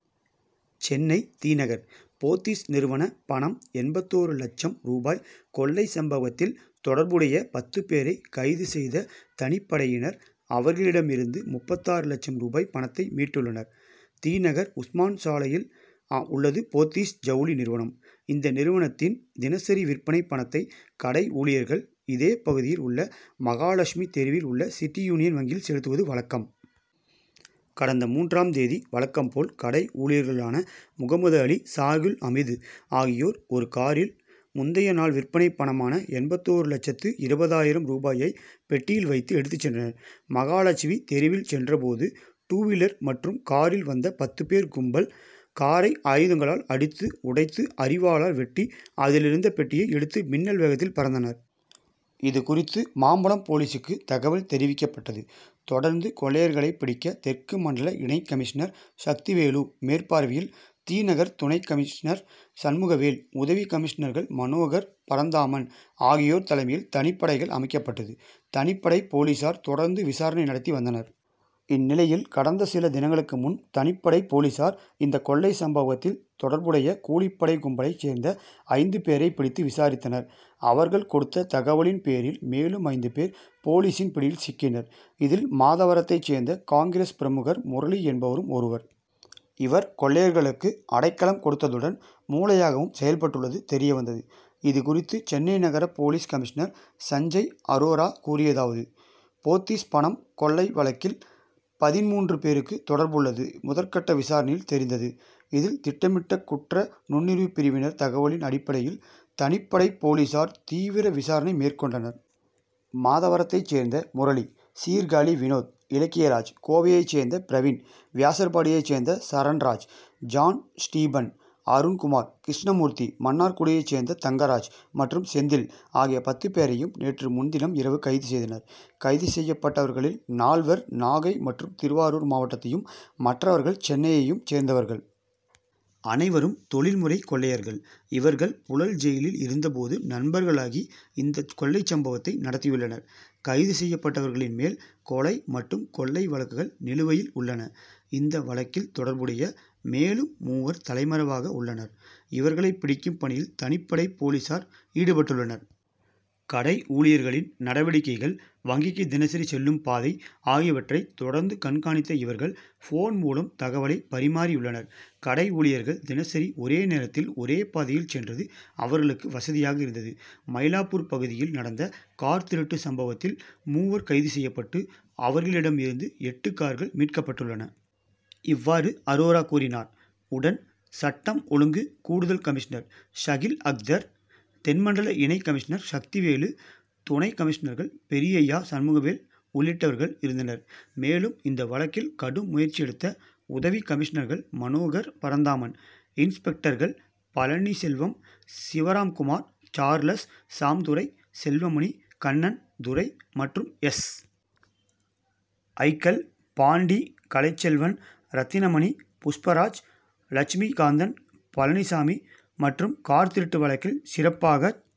சென்னை தி. நகர், போத்தீஸ் நிறுவன பணம் எண்பத்தொரு லட்சம் ரூபாய் கொள்ளை சம்பவத்தில் தொடர்புடைய பத்து பேரை கைது செய்த தனிப்படையினர், அவர்களிடம் இருந்து முப்பத்தாறு லட்சம் ரூபாய் பணத்தை மீட்டுள்ளனர். தி. நகர் உஸ்மான் சாலையில் உள்ளது போத்தீஸ் ஜவுளி நிறுவனம். இந்த நிறுவனத்தின் தினசரி விற்பனை பணத்தை, கடை ஊழியர்கள், இதே பகுதியில் உள்ள மகாலட்சுமி தெருவில் உள்ள சிட்டி யூனியன் வங்கியில் செலுத்துவது வழக்கம். கடந்த மூன்றாம் தேதி வழக்கம் போல் கடை ஊழியர்களான முகமது அலி, சாகுல் ஹமீது ஆகியோர் ஒரு காரில், முந்தைய நாள் விற்பனை பணமான எண்பத்தொரு லட்சத்து இருபதாயிரம் ரூபாயை பெட்டியில் வைத்து எடுத்துச் சென்றனர். மகாலட்சுமி தெருவில் சென்ற போது, டூவீலர் மற்றும் காரில் வந்த பத்து பேர் கும்பல், காரை ஆயுதங்களால் அடித்து உடைத்து, அரிவாளால் வெட்டி, அதிலிருந்த பெட்டியை எடுத்து மின்னல் வேகத்தில் பறந்தனர். இதுகுறித்து, மாம்பலம் போலீசுக்கு தகவல் தெரிவிக்கப்பட்டது. தொடர்ந்து கொள்ளையர்களைப் பிடிக்க, தெற்கு மண்டல இணை கமிஷனர் சக்திவேலு மேற்பார்வையில் தி. நகர் துணை கமிஷனர் சண்முகவேல், உதவி கமிஷனர்கள் மனோகர், பரந்தாமன் ஆகியோர் தலைமையில் தனிப்படைகள் அமைக்கப்பட்டது. தனிப்படை போலீசார் தொடர்ந்து விசாரணை நடத்தி வந்தனர். இந்நிலையில், கடந்த சில தினங்களுக்கு முன், தனிப்படை போலீசார் இந்த கொள்ளை சம்பவத்தில் தொடர்புடைய கூலிப்படை கும்பலைச் சேர்ந்த ஐந்து பேரை பிடித்து விசாரித்தனர். அவர்கள் கொடுத்த தகவலின் பேரில், மேலும் ஐந்து பேர் போலீசின் பிடியில் சிக்கினர். இதில், மாதவரத்தைச் சேர்ந்த காங்கிரஸ் பிரமுகர் முரளி என்பவரும் ஒருவர். இவர், கொள்ளையர்களுக்கு அடைக்கலம் கொடுத்ததுடன், மூளையாகவும் செயல்பட்டுள்ளது தெரிய வந்தது. இதுகுறித்து, சென்னை நகர போலீஸ் கமிஷனர் சஞ்சய் அரோரா கூறியதாவது: போத்தீஸ் பணம் கொள்ளை வழக்கில், பதின்மூன்று பேருக்கு தொடர்புள்ளது முதற்கட்ட விசாரணையில் தெரிந்தது. இதில், திட்டமிட்ட குற்ற நுண்ணறிவுப் பிரிவினர் தகவலின் அடிப்படையில் தனிப்படை போலீசார் தீவிர விசாரணை மேற்கொண்டனர். மாதவரத்தைச் சேர்ந்த முரளி, சீர்காழி வினோத், இலக்கியராஜ், கோவையைச் சேர்ந்த பிரவீன், வியாசர்பாடியைச் சேர்ந்த சரண்ராஜ், ஜான் ஸ்டீபன், அருண்குமார், கிருஷ்ணமூர்த்தி, மன்னார்குடியைச் சேர்ந்த தங்கராஜ் மற்றும் செந்தில் ஆகிய பத்து பேரையும் நேற்று முன்தினம் இரவு கைது செய்தனர். கைது செய்யப்பட்டவர்களில் நால்வர், நாகை மற்றும் திருவாரூர் மாவட்டத்தையும், மற்றவர்கள் சென்னையையும் சேர்ந்தவர்கள். அனைவரும் தொழில் முறை கொள்ளையர்கள். இவர்கள் புழல் ஜெயிலில் இருந்த போது நண்பர்களாகி இந்த கொள்ளை சம்பவத்தை நடத்தியுள்ளனர். கைது செய்யப்பட்டவர்களின் மேல், கொலை மற்றும் கொள்ளை வழக்குகள் நிலுவையில் உள்ளன. இந்த வழக்கில் தொடர்புடைய மேலும் மூவர் தலைமறைவாக உள்ளனர். இவர்களை பிடிக்கும் பணியில் தனிப்படை போலீசார் ஈடுபட்டுள்ளனர். கடை ஊழியர்களின் நடவடிக்கைகள், வங்கிக்கு தினசரி செல்லும் பாதை ஆகியவற்றை தொடர்ந்து கண்காணித்த இவர்கள், போன் மூலம் தகவலை பரிமாறியுள்ளனர். கடை ஊழியர்கள் தினசரி ஒரே நேரத்தில், ஒரே பாதையில் சென்றது அவர்களுக்கு வசதியாக இருந்தது. மயிலாப்பூர் பகுதியில் நடந்த கார் திருட்டு சம்பவத்தில், மூவர் கைது செய்யப்பட்டு அவர்களிடம் இருந்து எட்டு கார்கள் மீட்கப்பட்டுள்ளன. இவ்வாறு அரோரா கூறினார். உடன், சட்டம் ஒழுங்கு கூடுதல் கமிஷனர் ஷகீல் அக்தர், தென்மண்டல இணை கமிஷனர் சக்திவேலு, துணை கமிஷனர்கள் பெரியய்யா, சண்முகவேல் உள்ளிட்டவர்கள் இருந்தனர். மேலும், இந்த வழக்கில் கடும் முயற்சி எடுத்த உதவி கமிஷனர்கள் மனோகர், பரந்தாமன், இன்ஸ்பெக்டர்கள் பழனிசெல்வம், சிவராம்குமார், சார்லஸ் சாம்துரை, செல்வமணி, கண்ணன், துரை மற்றும் எஸ். ஐ.,க்கள் பாண்டி, கலைச்செல்வன், ரத்தினமணி, புஷ்பராஜ், லட்சுமி காந்தன், பழனிச்சாமி மற்றும் கார் திருட்டு வழக்கில் சிறப்பாகச்